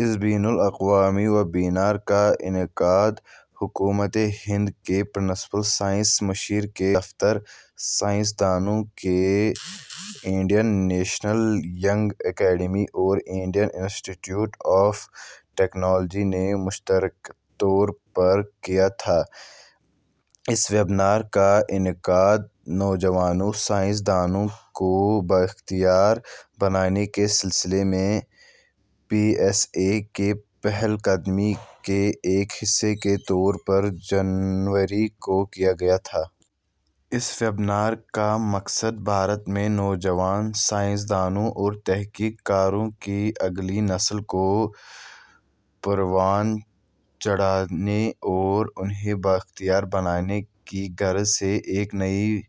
اس بین الاقوامی ویبنارکاانعقاد ، حکومت ہند کے پرنسپل سائنسی مشیر کے دفتر ، سائنس دانوں کی انڈین نیشنل ینگ اکیڈمی اورانڈین انسٹی ٹیوٹ آف ٹکنالوجی نے مشترکہ طورپر کیاتھا۔ اس ویبنار کا انعقاد ، نوجوانوں سائنس دانوں کو بااختیار بنانے کے سلسلے میں پی ایس اے کی پہل قدمی کے ایک حصے کےطورپر جنوری کو کیاگیاتھا۔ اس ویبنار کا مقصد ، بھارت میں نوجوان سائنس دانوں اور تحقیق کاروں کی اگلی نسل کو پروان چڑھانے اور انھیں بااختیار بنانے کی غرض سے ایک نئی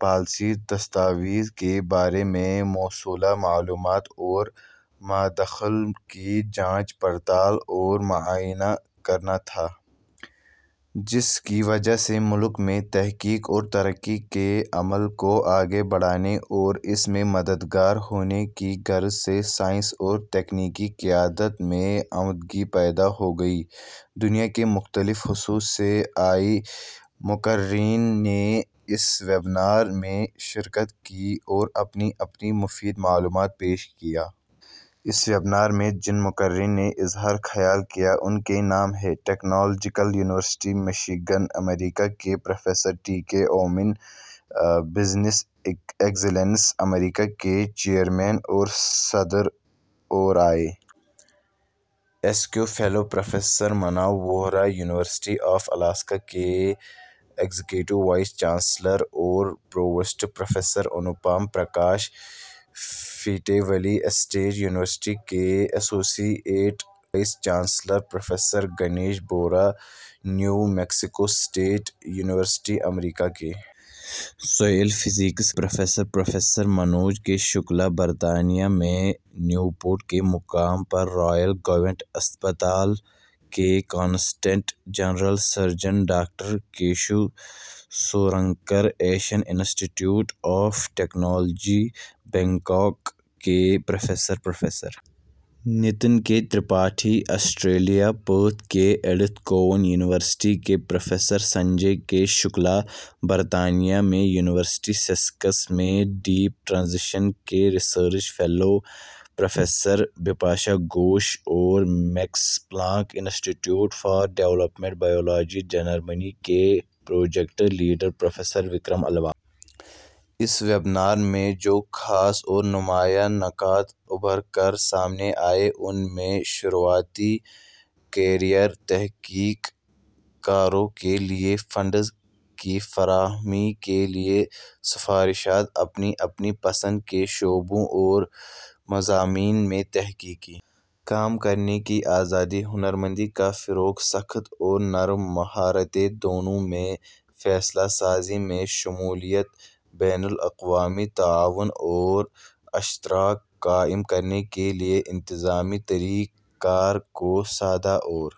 پالیسی دستاویز کے بارے میں موصولہ معلومات اور، مادخل کی جانچ پڑتال اورمعائنہ کرناتھا۔ جس کی وجہ سے ملک میں تحقیق اورترقی کے عمل کو آگے بڑھانے اور اس میں مددگار ہونے کی غرض سے سائنسی اورتکنیکی قیادت میں عمدگی پیداہوگی۔ دنیاکے مختلف حصوں سے آئے مقررین نے اس ویبنار میں شرکت کی اوراپنی اپنی مفید معلومات پیش کیں۔ اس ویبنار میں جن مقررین نے اظہار خیال کیا، ان کے نام ہیں ، ٹکنالوجیکل یونیورسٹی مشی گن امریکہ کے پروفیسر ٹی کے اومین ، بزنس ایکسی لینسی ، امریکہ کے chairman اورصدراوراے S Q fellow, professor منوووہرا، university of Alaska کے ایگزیکیٹو وائس چانسلر اور provost professor Anupam Prakash, fête ولے اسٹیٹ یونیورسٹی کے ایسوسی ایٹ وائس چانسلر پروفیسرگنیش بورا، نیومیکسیکواسٹیٹ یونیورسٹی امریکہ کے سوائیل فزکس کے پروفیسر ، پروفیسرر منوج کے شکلا، برطانیہ میں نیوپورٹ کے مقام پررائل گوینٹ اسپتال کے کنسلٹنٹ جنرل سرجن ڈاکٹرکیشوسورنکر ، ایشین انسٹی ٹیوٹ آف ٹکنالوجی ، بینکاک کے professor professor Nitin K Tripathi, Australia, Perth کی ایڈتھ کوون یونیورسٹی کے پروفیسر سنجے کے شکلا ، برطانیہ میں یونیورسٹی سیسکس میں ڈیپ ٹرانزیشن کے research fellow professor Bipashai Ghosh اورمیکس Planck Institute for Developmental biology, Germany کے project leader, professor Vikram Alva. اس ویبنار میں جوخاص اورنمایاں نکات ابھر کرسامنے آئے ان میں شروعاتی کریئر تحقیق کاروں کے لئے فنڈس کی فراہمی کے لئے سفارشات ، اپنی اپنی پسند کے شعبوں اور مضامین میں تحقیقی کام کرنے کی آزادی ، ہنرمندی کافروغ ، سخت اورنرم مہارتیں دونوں میں ، فیصلہ سازی میں شمولیت ، بین الاقوامی تعاون اوراشتراک قائم کرنے کے لئے انتظامی طریق کار کو سادہ اور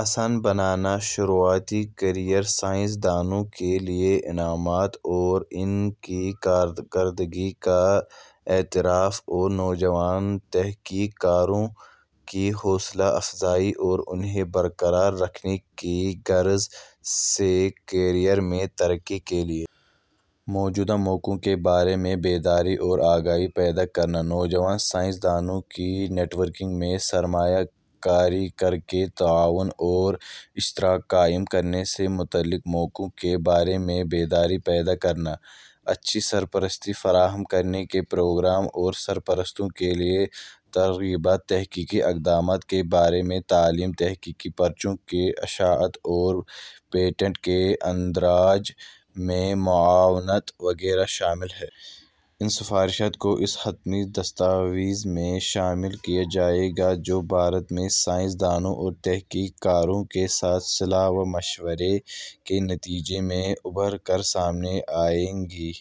آسان بنانا، شروعاتی کریئر سائنس دانوں کے لئے انعامات اوران کی کارکردگی کا اعتراف ، اور نوجوان تحقیق کاروں کی حوصلہ افزائی اور انھیں برقراررکھنے کی غرض سے ، کریئرمیں ترقی کے لئے موجود مواقع کے بارے میں بیداری اورآگہی پیداکرنا ، نوجوان سائنس دانوں کی نیٹ ورکنگ میں سرمایہ کاری کرکے ، تعاون اوراشتراک قائم کرنے سے متعلق مواقع کے بارے میں بیداری پیداکرنا ، اچھی سرپرستی فراہم کرنے کے پروگرام اورسرپرستوں کے لئے ترغیبات ، تحقیقی اقدامات کے بارے میں تعلیم ، تحقیقی پرچوں کی اشاعت اورپیٹنٹ کے اندراج میں معاونت وغیرہ شامل ہیں۔ ان سفارشات کو اس حتمی دستاویز میں شامل کیاجائے گا جو بھارت میں سائنس دانوں اورتحقیق کاروں کے ساتھ صلاح ومشورے کے نتیجے میں ابھرکرسامنے آئیں گی۔